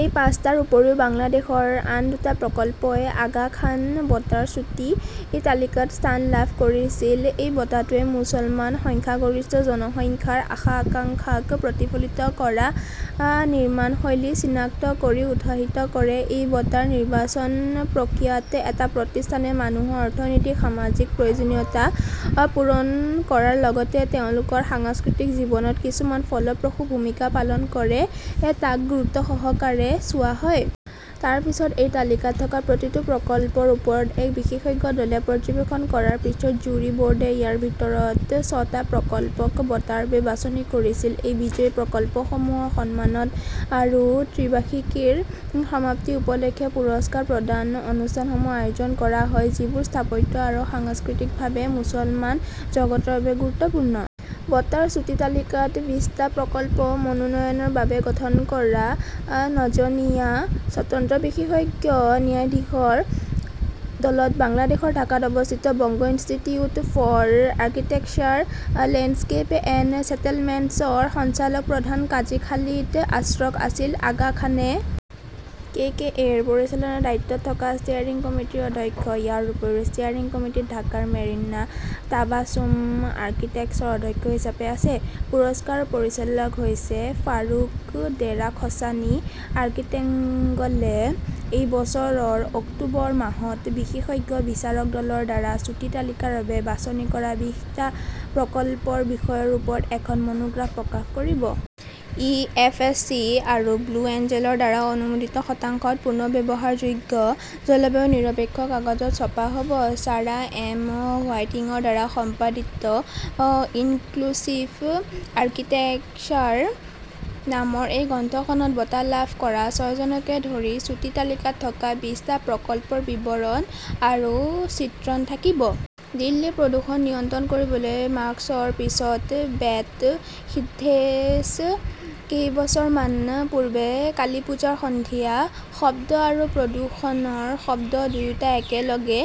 এই পাঁচটাৰ উপৰিও বাংলাদেশৰ আন দুটা প্ৰকল্পই আগা খান বঁটাৰ চুটি তালিকাত স্থান লাভ কৰিছিল। এই বঁটাটোৱে মুছলমান সংখ্যাগৰিষ্ঠ জনসংখ্যাৰ আশা-আকাংক্ষাক প্ৰতিফলিত কৰা নিৰ্মাণ শৈলী চিনাক্ত কৰি উৎসাহিত কৰে। এই বঁটাৰ নিৰ্বাচন প্ৰক্ৰিয়াত এটা প্ৰতিষ্ঠানে মানুহৰ অৰ্থনৈতিক-সামাজিক প্ৰয়োজনীয়তা পূৰণ কৰাৰ লগতে তেওঁলোকৰ সাংস্কৃতিক জীৱনত কিমান ফলপ্ৰসূ ভূমিকা পালন কৰে তাক গুৰুত্বসহকাৰে চোৱা হয়। তাৰ পিছত এই তালিকাত থকা প্ৰতিটো প্ৰকল্পৰ ওপৰত এক বিশেষজ্ঞ দলে পৰ্যবেক্ষণ কৰাৰ পিছত জ্যুৰী বৰ্ডে ইয়াৰ ভিতৰত ছটা প্ৰকল্পক বঁটাৰ বাবে বাছনি কৰিছিল। এই বিজয়ী প্ৰকল্পসমূহৰ সন্মানত আৰু ত্ৰিবাৰ্ষিকীৰ সমাপ্তি উপলক্ষে পুৰস্কাৰ প্ৰদান অনুষ্ঠানসমূহ আয়োজন কৰা হয়, যিবোৰ স্থাপত্য আৰু সাংস্কৃতিকভাৱে মুছলমান জগতৰ বাবে গুৰুত্বপূৰ্ণ। বঁটাৰ চুটি তালিকাত বিশটা প্ৰকল্পৰ মনোনয়নৰ বাবে গঠন কৰা ন'জনীয়া স্বতন্ত্ৰ বিশেষজ্ঞ ন্যায়াধীশৰ দলত বাংলাদেশৰ ঢাকাত অৱস্থিত Banga institute for architecture landscape and ছেটেলমেণ্টছৰ সঞ্চালক প্ৰধান কাজী খালিদ আশ্ৰফ আছিল। আগা খান এ. কে. এ. এ. -ৰ পৰিচালনাৰ দায়িত্বত থকা ষ্টেয়াৰিং কমিটিৰ অধ্যক্ষ। ইয়াৰ উপৰিও ষ্টেয়াৰিং কমিটীত ঢাকাৰ মেৰিনা টাবাছুম আৰ্কিটেক্টছৰ অধ্যক্ষ হিচাপে আছে। পুৰস্কাৰৰ পৰিচালক হৈছে ফাৰুখ দেৰাখছানী। আৰ্কিটেংগলে এই বছৰৰ অক্টোবৰ মাহত বিশেষজ্ঞ বিচাৰকৰ দলৰ দ্বাৰা চুটি তালিকাৰ বাবে বাছনি কৰা বিশটা প্ৰকল্পৰ বিষয়ৰ ওপৰত এখন মনোগ্ৰাফ প্ৰকাশ কৰিব। ই এফএছচি আৰু ব্লু এঞ্জেলৰ দ্বাৰা অনুমোদিত শতাংশত পুনৰ্ব্যৱহাৰযোগ্য আৰু জলবায়ু নিৰপেক্ষ কাগজত ছপা হ 'ব। ছাৰা এম. হোৱাইটিংৰ দ্বাৰা সম্পাদিত 'ইনক্লুচিভ আৰ্কিটেক্সাৰ "নামৰ সেই গ্ৰন্থখনত বঁটা লাভ কৰা ছয়জনকে ধৰি চুটি তালিকাত থকা বিশটা প্ৰকল্পৰ বিৱৰণ আৰু চিত্ৰণ থাকিব। দিল্লীৰ প্ৰদূষণ নিয়ন্ত্ৰণ কৰিবলৈ মাস্কৰ পিছত বেট সিদ্ধেশ কেইবছৰমান পূৰ্বে কালী পূজাৰ সন্ধিয়া শব্দ আৰু প্ৰদূষণৰ শব্দ দুয়োটাই একেলগে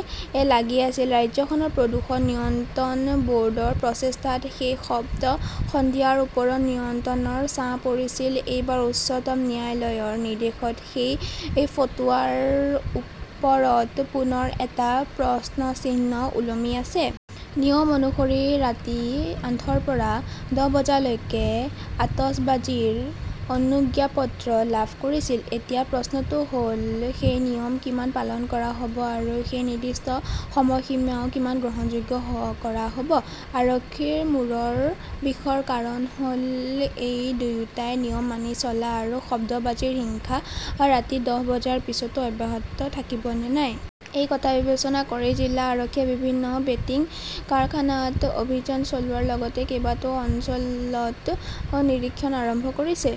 লাগি আছিল। ৰাজ্যখনৰ প্ৰদূষণ নিয়ন্ত্ৰণ বৰ্ডৰ প্ৰচেষ্টাত সেই শব্দ-সন্ধিয়াৰ ওপৰত নিয়ন্ত্ৰণৰ ছাঁ পৰিছিল। এইবাৰ উচ্চতম ন্যায়ালয়ৰ নিৰ্দেশত সেই ফতোৱাৰ ওপৰত পুনৰ এটা প্ৰশ্নচিহ্ন ওলমি আছে। নিয়ম অনুসৰি ৰাতি আঠৰ পৰা দহ বজালৈকে আতচবাজিৰ অনুজ্ঞাপত্ৰ লাভ কৰিছিল। এতিয়া প্ৰশ্নটো হ 'ল, সেই নিয়ম কিমান পালন কৰা হ'ব আৰু সেই নিৰ্দিষ্ট সময়সীমাও কিমান গ্ৰহণযোগ্য কৰা হ 'ব? আৰক্ষীৰ মূৰৰ বিষৰ কাৰণ হ'ল এই দুয়োটাই নিয়ম মানি চলা আৰু শব্দবাজিৰ হিংসা ৰাতি দহ বজাৰ পিছতো অব্যাহত থাকিব নে নাই। এই কথা বিবেচনা কৰি জিলা আৰক্ষীয়ে বিভিন্ন বেটিং কাৰখানাত অভিযান চলোৱাৰ লগতে কেইবাটাও অঞ্চলত নিৰীক্ষণ আৰম্ভ কৰিছে।